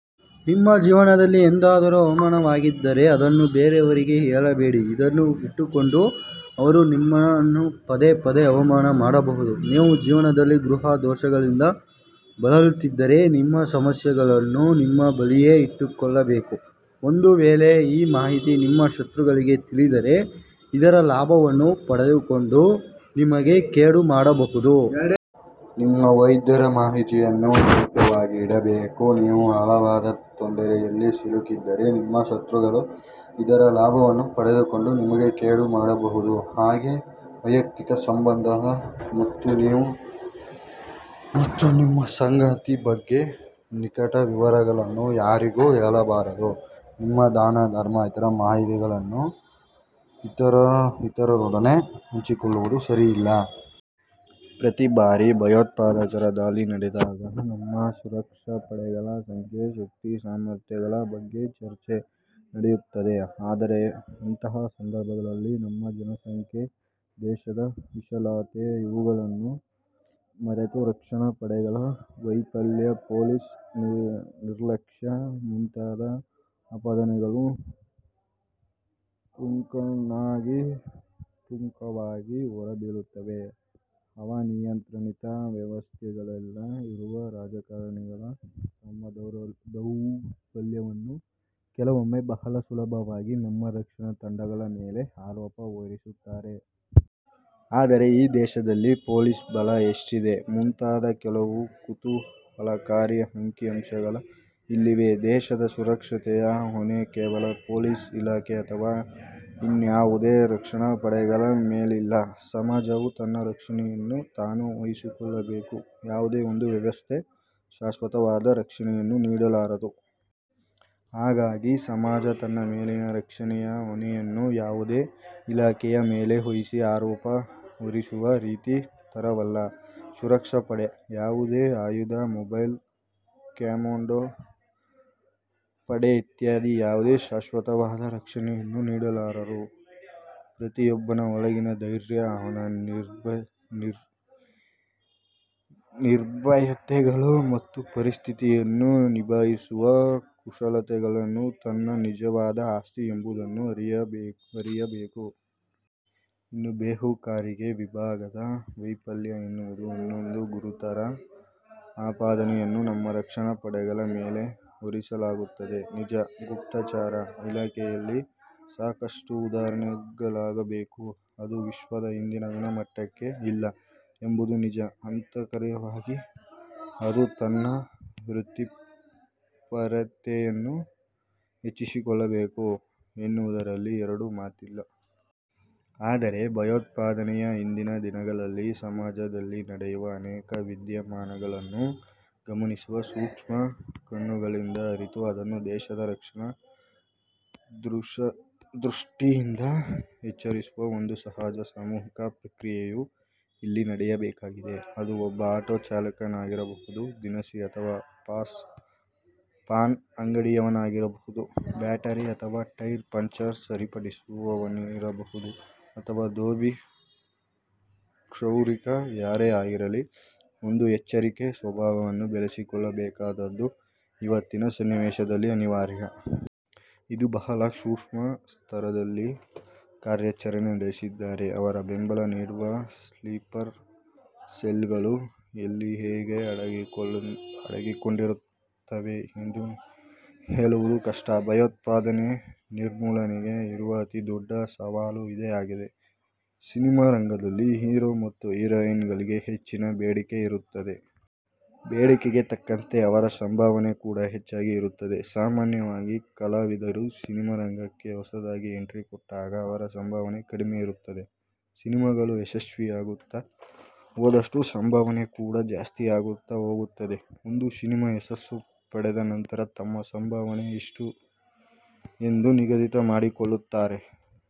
ನಿಮ್ಮ ಜೀವನದಲ್ಲಿ ಎಂದಾದರೂ ಅವಮಾನವಾಗಿದ್ದರೆ ಅದನ್ನು ಬೇರೆಯವರಿಗೆ ಹೇಳಬೇಡಿ. ಇದನ್ನೇ ಇಟ್ಟುಕೊಂಡು ಅವರು ನಿಮ್ಮನ್ನ ಪದೇ ಪದೇ ಅವಮಾನ ಮಾಡಬಹುದು. ನೀವು ಜೀವನದಲ್ಲಿ ಗೃಹ ದೋಷಗಳಿಂದ ಬಳಲುತ್ತಿದ್ದರೆ ನಿಮ್ಮ ಸಮಸ್ಯೆಗಳನ್ನು ನಿಮ್ಮ ಬಳಿಯೇ ಇಟ್ಟುಕೊಳ್ಳಬೇಕು ಒಂದು ವೇಳೆ ಈ ಮಾಹಿತಿ ನಿಮ್ಮ ಶತ್ರುಗಳಿಗೆ ತಿಳಿದರೆ ಇದರ ಲಾಭವನ್ನು ಪಡೆದುಕೊಂಡು ನಿಮಗೆ ಕೇಡು ಮಾಡಬಹುದು. ನಿಮ್ಮ ವೈದ್ಯರ ಮಾಹಿತಿಯನ್ನು ಗೌಪ್ಯವಾಗಿ ಇಡಬೇಕು, ನೀವು ಆಳವಾದ ತೊಂದರೆಯಲ್ಲಿ ಸಿಲುಕಿದ್ದರೆ ನಿಮ್ಮ ಶತ್ರುಗಳು ಇದರ ಲಾಭವನ್ನು ಪಡೆದುಕೊಂಡು ನಿಮಗೆ ಕೇಡು ಮಾಡಬಹುದು. ಹಾಗೇ ವೈಯಕ್ತಿಕ ಸಂಬಂಧ ಮತ್ತು ನೀವು ಮತ್ತು ನಿಮ್ಮ ಸಂಗಾತಿ ಬಗ್ಗೆ ನಿಕಟ ವಿವರಗಳನ್ನು ಯಾರಿಗೂ ಹೇಳಬಾರದು. ನಿಮ್ಮ ದಾನ ಧರ್ಮ ಇತರ ಮಾಹಿತಿಗಳನ್ನು ಇತರರೊಡನೆ ಹಂಚಿಕೊಳ್ಳುವುದು ಸರಿಯಲ್ಲ. ಪ್ರತಿ ಬಾರಿ ಭಯೋತ್ಪಾದಕರ ದಾಳಿ ನಡೆದಾಗ ನಮ್ಮ ಸುರಕ್ಷಾ ಪಡೆಗಳ ಸಂಖ್ಯೆ ಶಕ್ತಿ ಸಾಮರ್ಥ್ಯಗಳ ಬಗ್ಗೆ ಚರ್ಚೆ ನಡೆಯುತ್ತದೆ. ಆದರೆ ಅಂತಹ ಸಂದರ್ಭಗಳಲ್ಲಿ ನಮ್ಮ ಜನಸಂಖ್ಯೆ, ದೇಶದ ವಿಶಾಲತೆ ಇವುಗಳನ್ನು ಮರೆತು ರಕ್ಷಣಾ ಪಡೆಗಳ ವೈಫಲ್ಯ, ಪೊಲೀಸ್ ನಿರ್ಲಕ್ಷ್ಯ ಮುಂತಾದ ಆಪಾದನೆಗಳು ಪುಂಖಾನುಪುಂಖವಾಗಿ ಹೊರಬೀಳುತ್ತವೆ. ಹವಾ ನಿಯಂತ್ರಿತ ವ್ಯವಸ್ಥೆಗಳಲ್ಲೆ ಇರುವ ರಾಜಕಾರಣಿಗಳು ತಮ್ಮ ದೌರ್ಬಲ್ಯವನ್ನು ಕೆಲವೊಮ್ಮೆ ಬಹಳ ಸುಲಭವಾಗಿ ನಮ್ಮ ರಕ್ಷಣಾ ತಂಡಗಳ ಮೇಲೆ ಆರೋಪ ಹೊರಿಸುತ್ತಾರೆ. ಆದರೆ ಈ ದೇಶದಲ್ಲಿ ಪೊಲೀಸ್ ಬಲ ಎಷ್ಟಿದೆ? ಮುಂತಾದ ಕೆಲವು ಕುತೂಹಲಕಾರಿ ಅಂಕಿ ಅಂಶಗಳ ಇಲ್ಲಿವೆ. ದೇಶದ ಸುರಕ್ಷತೆಯ ಹೊಣೆ ಕೇವಲ ಪೊಲೀಸ್ ಇಲಾಖೆ ಅಥವಾ ಇನ್ನಾವುದೇ ರಕ್ಷಣಾಪಡೆಗಳ ಮೇಲಿಲ್ಲ. ಸಮಾಜವು ತನ್ನ ರಕ್ಷಣೆಯನ್ನು ತಾನೂ ವಹಿಸಿಕೊಳ್ಳಬೇಕು. ಯಾವುದೇ ಒಂದು ವ್ಯವಸ್ಥೆ ಶಾಶ್ವತವಾದ ರಕ್ಷಣೆಯನ್ನು ನೀಡಲಾರದು. ಹಾಗಾಗಿ ಸಮಾಜ ತನ್ನ ಮೇಲಿನ ರಕ್ಷಣೆಯ ಹೊಣೆಯನ್ನು ಯಾವುದೋ ಇಲಾಖೆಯ ಮೇಲೆ ವಹಿಸಿ ಆರೋಪ ಹೊರಿಸುವ ರೀತಿ ತರವಲ್ಲ. ಸುರಕ್ಷಾ ಪಡೆ, ಯಾವುದೇ ಆಯುಧ, ಮೊಬೈಲ್, ಕಮ್ಯಾಂಡೋ ಪಡೆ ಇತ್ಯಾದಿ ಯಾವುದೂ ಶಾಶ್ವತವಾದ ರಕ್ಷಣೆಯನ್ನು ನೀಡಲಾರದು. ಪ್ರತಿಯೊಬ್ಬನ ಒಳಗಿನ ಧೈರ್ಯ ಅವನ ನಿರ್ಭಯತೆಗಳು ಮತ್ತು ಪರಿಸ್ಥಿತಿಯನ್ನು ನಿಭಾಯಿಸುವ ಕುಶಲತೆಗಳನ್ನು ತನ್ನ ನಿಜವಾದ ಆಸ್ತಿ ಎಂಬುದನ್ನು ಅರಿಯಬೇಕು. ಇನ್ನು ಬೇಹುಗಾರಿಕೆ ವಿಭಾಗದ ವೈಫಲ್ಯ ಎನ್ನುವುದು ಇನ್ನೊಂದು ಗುರುತರ ಆಪಾದನೆಯನ್ನು ನಮ್ಮ ರಕ್ಷಣಾ ಪಡೆಗಳ ಮೇಲೆ ಹೋರಿಸಲಾಗುತ್ತದೆ. ನಿಜ, ಗುಪ್ತಚರ ಇಲಾಖೆಯಲ್ಲಿ ಸಾಕಷ್ಟು ಸುಧಾರಣೆಗಳಾಗಬೇಕು. ಅದು ವಿಶ್ವದ ಇಂದಿನ ಗುಣಮಟ್ಟಕ್ಕೆ ಇಲ್ಲ ಎಂಬುದು ನಿಜ. ಆಂತರಿಕವಾಗಿ ಅದು ತನ್ನ ವೃತ್ತಿಪರತೆಯನ್ನು ಹೆಚ್ಚಿಸಿಕೊಳ್ಳಬೇಕು ಎನ್ನುವುದರಲ್ಲಿ ಎರಡು ಮಾತಿಲ್ಲ. ಆದರೆ ಭಯೋತ್ಪಾದನೆಯ ಇಂದಿನ ದಿನಗಳಲ್ಲಿ ಸಮಾಜದಲ್ಲಿ ನಡೆಯುವ ಅನೇಕ ವಿದ್ಯಮಾನಗಳನ್ನು ಗಮನಿಸುವ ಸೂಕ್ಷ್ಮ ಕಣ್ಣುಗಳಿಂದ ಅರಿತು ಅದನ್ನು ದೇಶದ ರಕ್ಷಣಾ ದೃಷಟಿಯಿಂದ ಎಚ್ಚರಿಸುವ ಒಂದು ಸಹಜ, ಸಾಮೂಹಿಕ ಪ್ರಕ್ರಿಯೆಯು ಇಲ್ಲಿ ನಡೆಯಬೇಕಾಗಿದೆ. ಅದು ಒಬ್ಬ ಆಟೋ ಚಾಲಕನಿರಬಹುದು, ದಿನಸಿ ಅಥವಾ ಪಾನ್ ಅಂಗಡಿಯವನಾಗಿರಬಹುದು, ಬ್ಯಾಟರಿ ಅಥವಾ ಟೈರ್ ಪಂಚರ್ ಸರಿಪಡಿಸುವವನಿರಬಹುದು ಅಥವಾ ದೋಬಿ, ಕ್ಷೌರಿಕ ಯಾರೇ ಆಗಿರಲಿ ಒಂದು ಎಚ್ಚರಿಕೆಯ ಸ್ವಭಾವವನ್ನು ಬೆಳೆಸಿಕೊಳ್ಳಬೇಕಾದುದು ಇವತ್ತಿನ ಸನ್ನಿವೇಶದಲ್ಲಿ ಅನಿವಾರ್ಯ. ಇಂದು ಬಹಳ ಸೂಕ್ಷ್ಮ ಸ್ತರದಲ್ಲಿ ಕಾರ್ಯಾಚರಣೆ ನಡೆಸಿದ್ದಾರೆ. ಅವರ ಬೆಂಬಲ ನೀಡುವ ಸ್ಲೀಪರ್ ಸೆಲ್ಗಳು ಎಲ್ಲಿ ಹೇಗೆ ಅಡಗಿಕೊಂಡಿರುತ್ತವೆ ಎಂದು ಹೇಳುವುದು ಕಷ್ಟ. ಭಯೋತ್ಪಾದನೆ ನಿರ್ಮೂಲನೆಗೆ ಇರುವ ಅತಿ ದೊಡ್ಡ ಸವಾಲು ಇದೇ ಆಗಿದೆ. ಸಿನಿಮಾ ರಂಗದಲ್ಲಿ ಹೀರೋ ಮತ್ತು ಹೀರೋಯಿನ್ ಗಳಿಗೆ ಹೆಚ್ಚಿನ ಬೇಡಿಕೆ ಇರುತ್ತದೆ. ಬೇಡಿಕೆಗೆ ತಕ್ಕಂತೆ ಅವರ ಸಂಭಾವನೆ ಕೂಡ ಹೆಚ್ಚಾಗಿ ಇರುತ್ತದೆ. ಸಾಮಾನ್ಯವಾಗಿ ಕಲಾವಿದರು ಸಿನಿಮಾರಂಗಕ್ಕೆ ಹೊಸದಾಗಿ ಎಂಟ್ರಿ ಕೊಟ್ಟಾಗ ಅವರ ಸಂಭಾವನೆ ಕಡಿಮೆ ಇರುತ್ತದೆ. ಸಿನಿಮಾಗಳು ಯಶಸ್ವಿಯಾಗುತ್ತಾ ಹೋದಷ್ಟು, ಸಂಭಾವನೆ ಕೂಡ ಜಾಸ್ತಿಯಾಗುತ್ತಾ ಹೋಗುತ್ತದೆ. ಒಂದು ಸಿನಿಮಾ ಯಶಸ್ಸು ಪಡೆದ ನಂತರ ತಮ್ಮ ಸಂಭಾವನೆ ಇಷ್ಟು ಎಂದು ನಿಗದಿಮಾಡಿಕೊಳ್ಳುತ್ತಾರೆ.